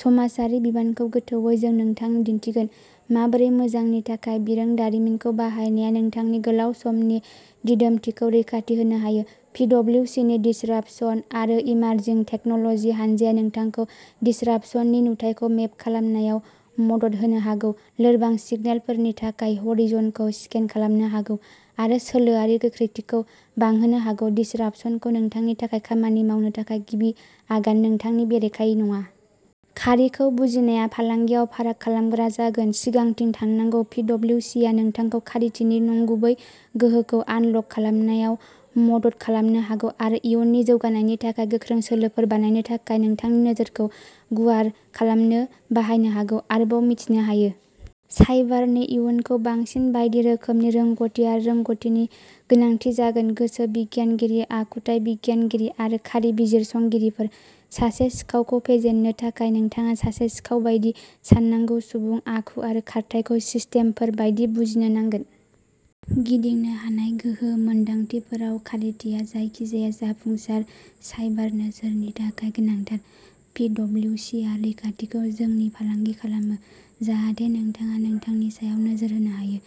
समाजआरि बिबानखौ गोथौवै जों नोंथांनो दिन्थिगोन माबोरै मोजांनि थाखाय बिरोंदामिनखौ बाहायनाया नोंथांनि गोलाव समनि दिदोमथिखौ रैखाथि होनो हायो। पिडब्लिउसिनि दिसरापसन आरो इमारजिं टेक्न'ल'जि हान्जाया नोंथांखौ दिसरापसननि नुथायखौ मेप खालामनायाव मदद होनो हागौ, लोरबां सिगनेलफोरनि थाखाय ह'रिज'नखौ स्केन खालामनो हागौ आरो सोलोआरि गोख्रैथिखौ बांहोनो हागौ दिसरापसनखौ नोंथांनि थाखाय खामानि मावनो थाखाय गिबि आगान, नोंथांनि बेरेखायै नङा। खारिखौ बुजिनाया फालांगियाव फाराग खालामग्रा जागोन, सिगांथिं थांनांगौ। पिडब्लिउसिआ नोंथांखौ खारिथिनि नंगुबै गोहोखौ आनलक खालामनायाव मदद खालामनो हागौ आरो इयुननि जौगानायनि थाखाय गोख्रों सोलोफोर बानायनो थाखाय नोंथांनि नोजोरखौ गुवार खालामनो बाहायनो हागौ। आरोबाव मिथिनो हायो। साइबारनि इयुनखौ बांसिन बायदि रोखोमनि रोंग'थि आरो रोंग'थिनि गोनांथि जागोन गोसो बिगियानगिरि, आखुथाय बिगियानगिरि आरो खारि बिजिरसंगिरिफोर। सासे सिखावखौ फेजेननो थाखाय, नोंथाङा सासे सिखाव बायदि साननांगौ सुबुं, आखु आरो खारथाइखौ सिस्टेमफोर बायदि बुजिनो नांगोन। गिदिंनो हानाय गोहो। मोनदांथिफोराव खारिथिया जायखिजाया जाफुंसार साइबार नोजोरनि थाखाय गोनांथार। पिडब्लिउसिआ रैखाथिखौ जोंनि फालांगि खालामो, जाहाथे नोंथाङा नोंथांनि सायाव नोजोर होनो हायो।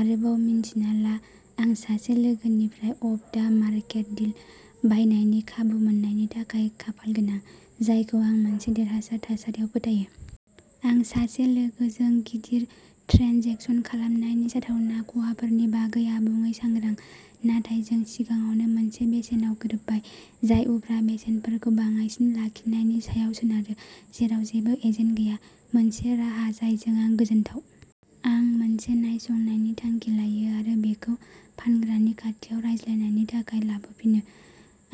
आरोबाव मिन्थिना ला। आं सासे लोगोनिफ्राय अफ दा मार्केट डिल बायनायनि खाबु मोन्नायनि थाखाय खाफाल गोनां, जायखौ आं मोनसे देरहासार थासारियाव फोथायो। आं सासे लोगोजों गिदिर ट्रेन्जेकसन खालामनायनि जाथावना खहाफोरनि बागै आबुङै सांग्रां, नाथाय जों सिगाङावनो मोनसे बेसेनाव गोरोबबाय, जाय उफ्रा बेसेनफोरखौ बाङाइसिन लाखिनायनि सायाव सोनारो, जेराव जेबो एजेन्ट गैया, मोनसे राहा जायजों आं गोजोनथाव। आं मोनसे नायसंनायनि थांखि लायो आरो बेखौ फानग्रानि खाथियाव रायज्लायनायनि थाखाय लाबोफिनो।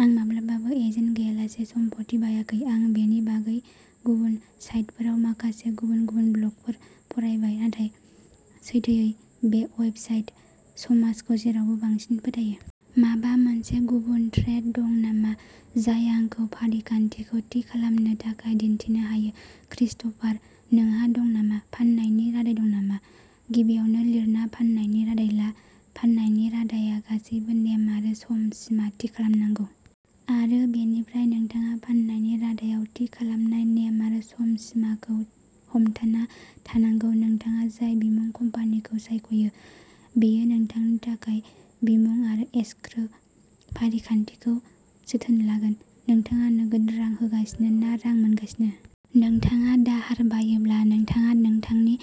आं माब्लाबाबो एजेन्ट गैयालासे सम्पथि बायाखै। आं बेनि बागै गुबुन साइटफोराव माखासे गुबुन गुबुन ब्लगफोर फरायबाय, नाथाय, सैथोयै बे वेबसाइट समाजखौ जेरावबो बांसिन फोथायो। माबा मोनसे गुबुन थ्रेड दं नामा, जाय आंखौ फारिखान्थिखौ थि खालामनो थाखाय दिन्थिनो हायो? क्रिस्ट'फार, नोंहा दं नामा? फान्नायनि रादाय दं नामा? गिबियावनो लिरना फान्नायनि रादाय ला। फान्नायनि रादाय आ गासैबो नेम आरो सम सिमा थि खालामनांगौ। आरो बेनिफ्राय नोंथाङा फान्नायनि रादाय आव थि खालामनाय नेम आरो सम सिमा खौ हमथाना थानांगौ। नोंथाङा जाय बिमुं कम्पानि खौ सायख'यो, बेयो नोंथांनि थाखाय बिमुं आरो एस्क्रो फारिखान्थिखौ जोथोन लागोन। नोंथाङा नोगोद रां होगासिनो ना रां मोनगासिनो? नोंथाङा दाहार बायोब्ला नोंथाङा नोंथांनि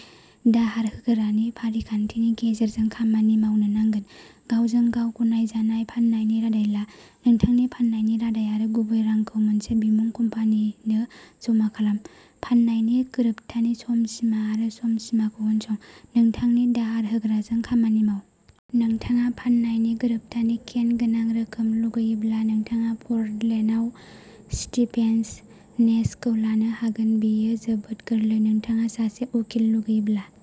दाहार होग्रानि फारिखान्थिनि गेजेरजों खामानि मावनो नांगोन। गावजों गाव गनायजानाय फान्नायनि रादाय ला, नोंथांनि फान्नायनि रादाय आरो गुबै रांखौ मोनसे बिमुं कम्पानि नो जमा खालाम, फान्नायनि गोरोबथानि सम सिमा आरो सम सिमा खौ उनसं, नोंथांनि दाहार होग्राजों खामानि माव। नोंथाङा फान्नायनि गोरोबथानि केन गोनां रोखोम लुगैयोब्ला नोंथाङा पर्टलेन्ड आव स्टिभेन्स नेस खौ लानो हागोन। बेयो जोबोद गोरलै। नोंथाङा सासे उखिल लुगैयोब्ला।